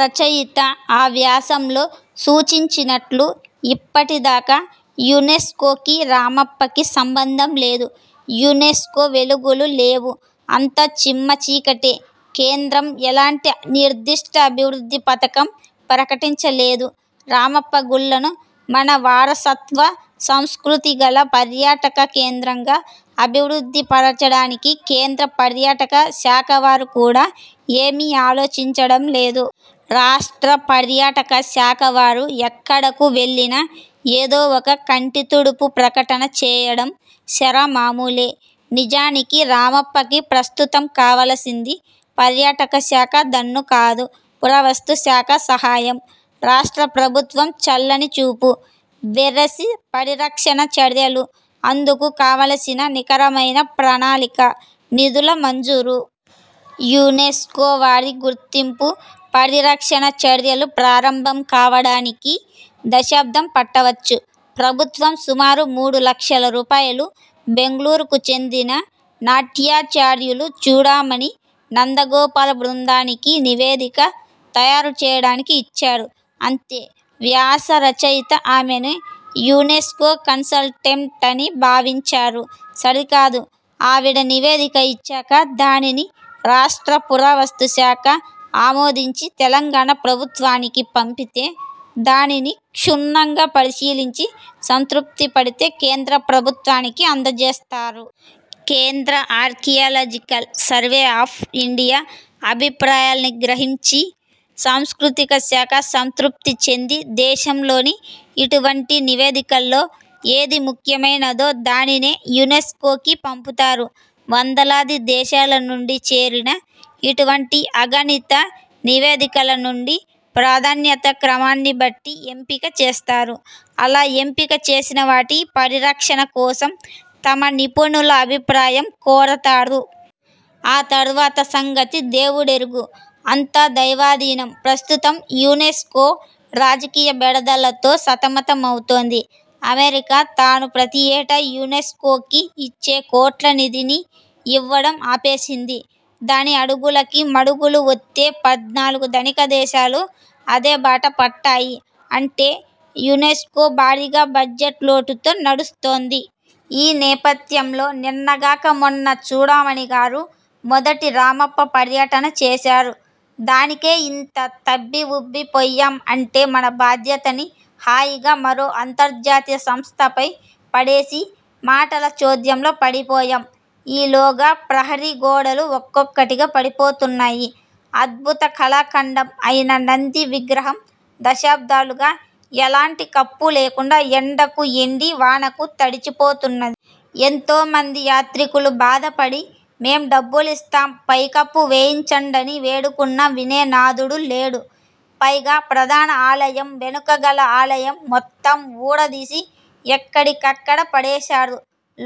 రచయిత ఆ వ్యాసంలో సూచించినట్లు ఇప్పటిదాకా యునెస్కోకి రామప్పకి సంబంధం లేదు. యునెస్కో వెలుగులు లేవు. అంతా చిమ్మచీకటే. కేంద్రం ఎలాంటి నిర్దిష్ట అభివృద్ధి పథకం ప్రకటించలేదు. 'రామప్పగుళ్ళను మన వారసత్వ సంస్కృతిగల పర్యాటక కేంద్రంగా అభివృద్ధి పరచడానికి' కేంద్ర పర్యాటక శాఖవారు కూడా ఏమీ ఆలోచించడం లేదు. రాష్ట్ర పర్యాటక శాఖవారు ఎక్కడకు వెళ్ళినా ఏదో ఒక కంటి తుడుపు ప్రకటన చేయడం షరామామూలే. నిజానికి రామప్పకి ప్రస్తుతం కావలిసింది పర్యాటకశాఖ దన్నుకాదు. పురావస్తుశాఖ సహాయం. రాష్ట్ర ప్రభుత్వం చల్లని చూపు. వెరసి పరిరక్షణ చర్యలు. అందుకు కావలసిన నికరమైన ప్రణాళిక. నిధుల మంజూరు. యునెస్కోవారి గుర్తింపు, పరిరక్షణ చర్యలు ప్రారంభం కావడానికి దశాబ్దం పట్టవచ్చు. ప్రభుత్వం సుమారు మూడులక్షల రూపాయలు బెంగళూరుకుచెందిన నాట్యాచార్యులు చూడామణీ నందగోపాల్ బృందానికి నివేదిక తయారుచేయడానికి ఇచ్చారు. అంతే. వ్యాస రచయిత ఆమెని 'యునెస్కో కన్సల్టెంట్' అని భావించారు. సరికాదు. ఆవిడ నివేదిక ఇచ్చాక, దానిని రాష్ట్ర పురావస్తుశాఖ ఆమోదించి, తెలంగాణ ప్రభుత్వానికి పంపితే, దానిని క్షుణ్ణంగా పరిశీలించి సంతృప్తిపడితే, కేంద్రప్రభుత్వానికి అందజేస్తారు. కేంద్ర ఆర్కియలాజికల్ సర్వే ఆఫ్ ఇండియా అభిప్రాయాల్ని గ్రహించి, సాంస్కృతికశాఖ సంతృప్తిచెంది, దేశంలోని ఇటువంటి నివేదికల్లో ఏది ముఖ్యమైనదో దానినే యునెస్కోకి పంపుతారు. వందలాది దేశాలనుండి చేరిన ఇటువంటి అగణిత నివేదికలనుండి ప్రాధాన్యతాక్రమాన్నిబట్టి ఎంపిక చేస్తారు. అలా ఎంపిక చేసినవాటి పరిరక్షణకోసం తమ నిపుణుల అభిప్రాయం కోరతారు. ఆ తరువాత సంగతి దేవుడెరుగు. అంతా దైవాధీనం! ప్రస్తుతం యునెస్కో రాజకీయ బెడదలతో సతమతమవుతోంది. అమెరికా తాను ప్రతీ ఏటా యునెస్కోకి ఇచ్చే కోట్ల నిధిని ఇవ్వడం ఆపేసింది. దాని అడుగులకి మడుగులు ఒత్తే పద్నాలుగు ధనికదేశాలు అదేబాటపట్టాయి. అంటే, యునెస్కో భారీగా బడ్జెట్లోటుతో నడుస్తోంది. ఈ నేపథ్యంలో నిన్నగాక మొన్న చూడామణిగారు మొదటి రామప్ప పర్యటన చేశారు. దానికే ఇంత తబ్బి ఉబ్బిపొయ్యాం. అంటే మన బాధ్యతని హాయిగా మరో అంతర్జాతీయ సంస్థపై పడేసి మాటల చోద్యంలో పడిపోయాం. ఈ లోగా ప్రహారీ గోడలు ఒక్కటొక్కటిగా పడిపోతున్నాయి. అద్భుత కళాఖండం అయిన నంది విగ్రహం దశాబ్దాలుగా ఎలాంటి కప్పులేకుండా ఎండకు ఎండి, వానకు తడిచిపోతున్నది. ఎంతోమంది యాత్రికులు బాధపడి మేం డబ్బులిస్తాం పైకప్పు వేయించండని వేడుకున్నా వినే నాధుడు లేడు. పైగా ప్రధాన ఆలయం వెనుక గల ఆలయం మొత్తం ఊడదీసి ఎక్కడికక్కడ పడేశారు.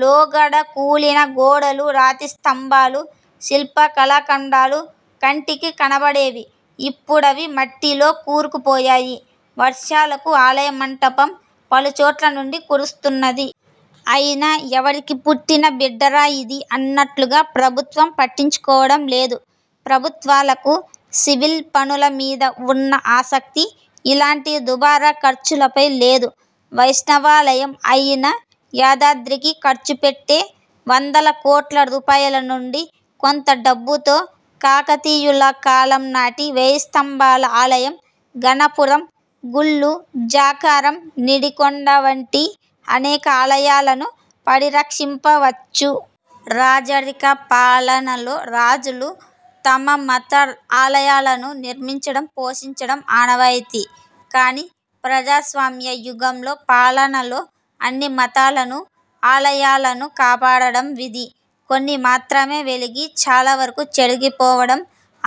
లోగడ కూలిన గోడలు, రాతిస్తంభాలు, శిల్పకళాఖండాలు కంటికి కనబడేవి. ఇప్పుడవి మట్టిలో కూరుకుపోయాయి. వర్షాలకు ఆలయమంటపం పలుచోట్లనుండి కురుస్తున్నది. ఐనా, ఎవరికిపుట్టిన బిడ్డరా ఇది అన్నట్లుగా ప్రభుత్వం పట్టించుకోవడం లేదు. ప్రభుత్వాలకు సివిల్ పనుల మీద ఉన్న 'ఆసక్తి' ఇలాంటి దుబారా ఖర్చులపై లేదు. వైష్ణవాలయం అయిన యాదాద్రికి ఖర్చుపెట్టే వందల కోట్ల రూపాయల నుండి కొంత డబ్బుతో కాకతీయుల కాలంనాటి వేయిస్తంభాల ఆలయం, గణపురం గుళ్ళు, జాకారం, నిడికొండ వంటి అనేక ఆలయాలను పరిరక్షింపవచ్చు. రాజరిక పాలనలో రాజులు తమ మత ఆలయాలను నిర్మించడం పోషించడం ఆనవాయితీ. కాని, ప్రజాస్వామ్యయుగంలో, పాలనలో, అన్ని మతాలను, ఆలయాలను కాపాడడం విధి. కొన్ని మాత్రమే వెలిగి, చాలావరకు చెరిగిపోవడం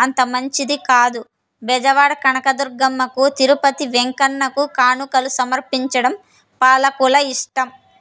అంత మంచిది కాదు. బెజవాడ కనకదుర్గమ్మకు, తిరుపతి వెంకన్నకు కానుకలు సమర్పించడం పాలకుల ఇష్టం.